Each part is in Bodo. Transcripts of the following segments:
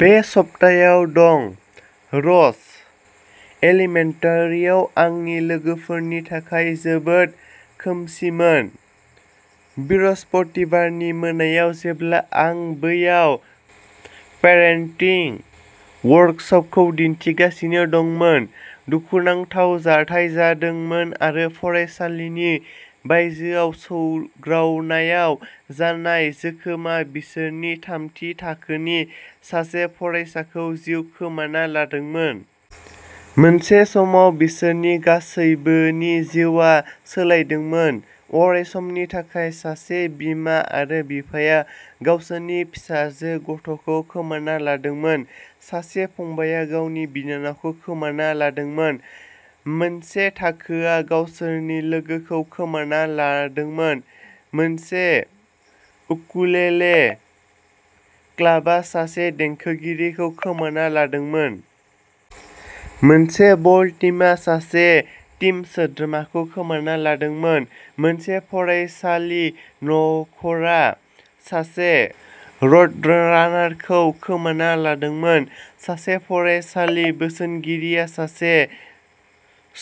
बे सप्तायाव दं। रस एलिमेन्टारिआव आंनि लोगोफोरनि थाखाय जोबोद खोमसिमोन। बृहस्पतिबारनि मोनायाव जेब्ला आं बैयाव पेरेन्टिं वर्कसपखौ दिन्थिगासिनो दंमोन, दुखुनांथाव जाथाय जादोंमोन आरो फरायसालिनि बायजोआव सौग्रावनायाव जानाय जोखोमआ बिसोरनि थामथि थाखोनि सासे फरायसाखौ जिउ खोमाना लादोंमोन। मोनसे समाव, बिसोरनि गासैबोनि जिउआ सोलायदोंमोन। अरायसमनि थाखाय। सासे बिमा आरो बिफाया गावसोरनि फिसाजो गथ'खौ खोमाना लादोंमोन। सासे फंबायआ गावनि बिनानावखौ खोमाना लादोंमोन। मोनसे थाखोआ गावसोरनि लोगोखौ खोमाना लादोंमोन। मोनसे उकुलेले क्लाबआ सासे देंखोगिरिखौ खोमाना लादोंमोन। मोनसे बल टीमा सासे टीम सोद्रोमाखौ खोमाना लादोंमोन। मोनसे फरायसालि नखरा सासे र'डरानारखौ खोमाना लादोंमोन। सासे फरायसालि बोसोनगिरिया सासे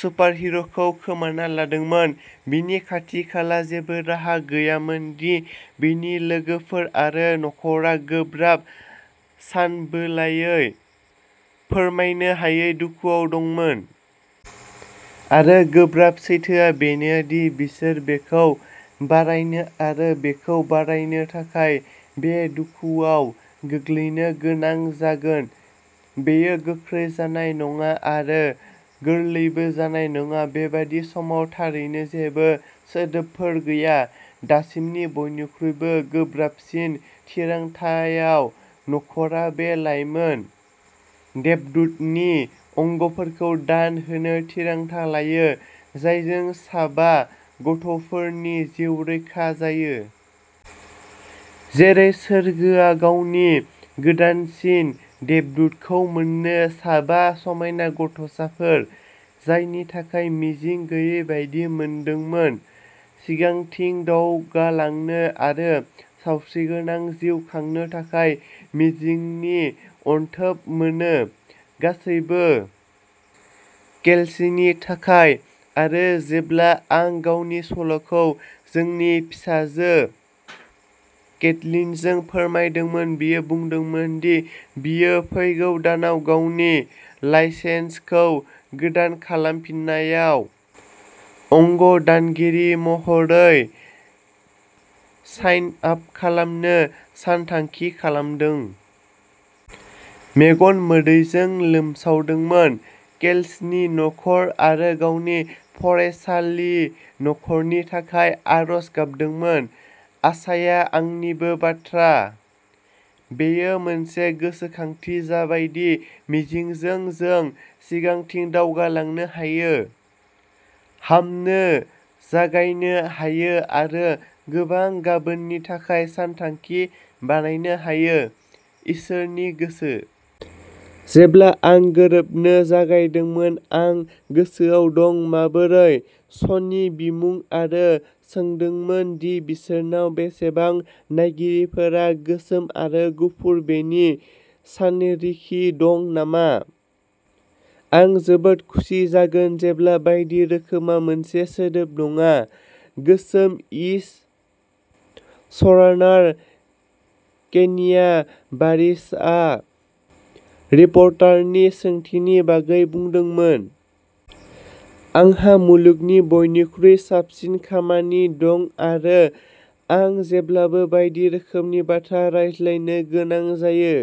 सुपारहिर'खौ खोमाना लादोंमोन। बिनि खाथि-खाला जेबो राहा गैयामोन दि बिनि लोगोफोर आरो नखरा गोब्राब, सानबोलायै, फोरमायनो हायै दुखुआव दंमोन। आरो गोब्राब सैथोआ बेनो दि बिसोर बेखौ बारायनो आरो बेखौ बारायनो थाखाय बे दुखुआव गोग्लैनो गोनां जागोन। बेयो गोख्रै जानाय नङा आरो गोरलैबो जानाय नङा। बेबादि समाव थारैनो जेबो सोदोबफोर गैया। दासिमनि बयनिख्रुइबो गोब्राबसिन थिरांथायाव, न'खरआ बे लाइमोन देबदूतनि अंगफोरखौ दान होनो थिरांथा लायो, जायजों साबा गथ'फोरनि जिउ रैखा जायो। जेरै सोरगोआ गावनि गोदानसिन देबदूतखौ मोनो, साबा समायना गथ'साफोर, जायनि थाखाय मिजिं गैयै बायदि मोनदोंमोन, सिगांथिं दावगालांनो आरो सावस्रिगोनां जिउ खांनो थाखाय मिजिंनि अनथोब मोनो। गासैबो केल्सीनि थाखाय। आरो जेब्ला आं गावनि सल'खौ जोंनि फिसाजो केटलिनजों फोरमायदोंमोन, बियो बुंदोंमोन दि बियो फैगौ दानाव गावनि लाइसेन्सखौ गोदान खालामफिननायाव अंग दानगिरि महरै साइन आप खालामनो सानथांखि खालामदों। मेगन मोदैजों लोमसावदोंमोन। केल्सीनि नखर आरो गावनि फरायसालि नखरनि थाखाय आरज गाबदोंमोन। आसाया आंनिबो बाथ्रा। बेयो मोनसे गोसोखांथि जाबाय दि मिजिंजों जों सिगांथिं दावगालांनो हायो, हामनो जागायनो हायो, आरो गोबां गाबोननि थाखाय सानथांखि बानायनो हायो; इसोरनि गोसो। जेब्ला आं गोरोबनो जागायदोंमोन आं गोसोआव दं माबोरै। श'नि बिमुं आरो सोंदोंमोन दि बिसोरनाव बेसेबां नायगिरिफोरा गोसोम आरो गुफुर बेनि सानरिखि दं नामा। "आं जोबोद खुसि जागोन जेब्ला बायदि रोखोमआ मोनसे सोदोब नङा", गोसोम-इश श'रानार केन्या बारिसआ रिपर्टारनि सोंथिनि बागै बुंदोंमोन। "आंहा मुलुगनि बयनिख्रुइ साबसिन खामानि दं आरो आं जेब्लाबो बायदि रोखोमनि बाथ्रा रायज्लायनो गोनां जायो।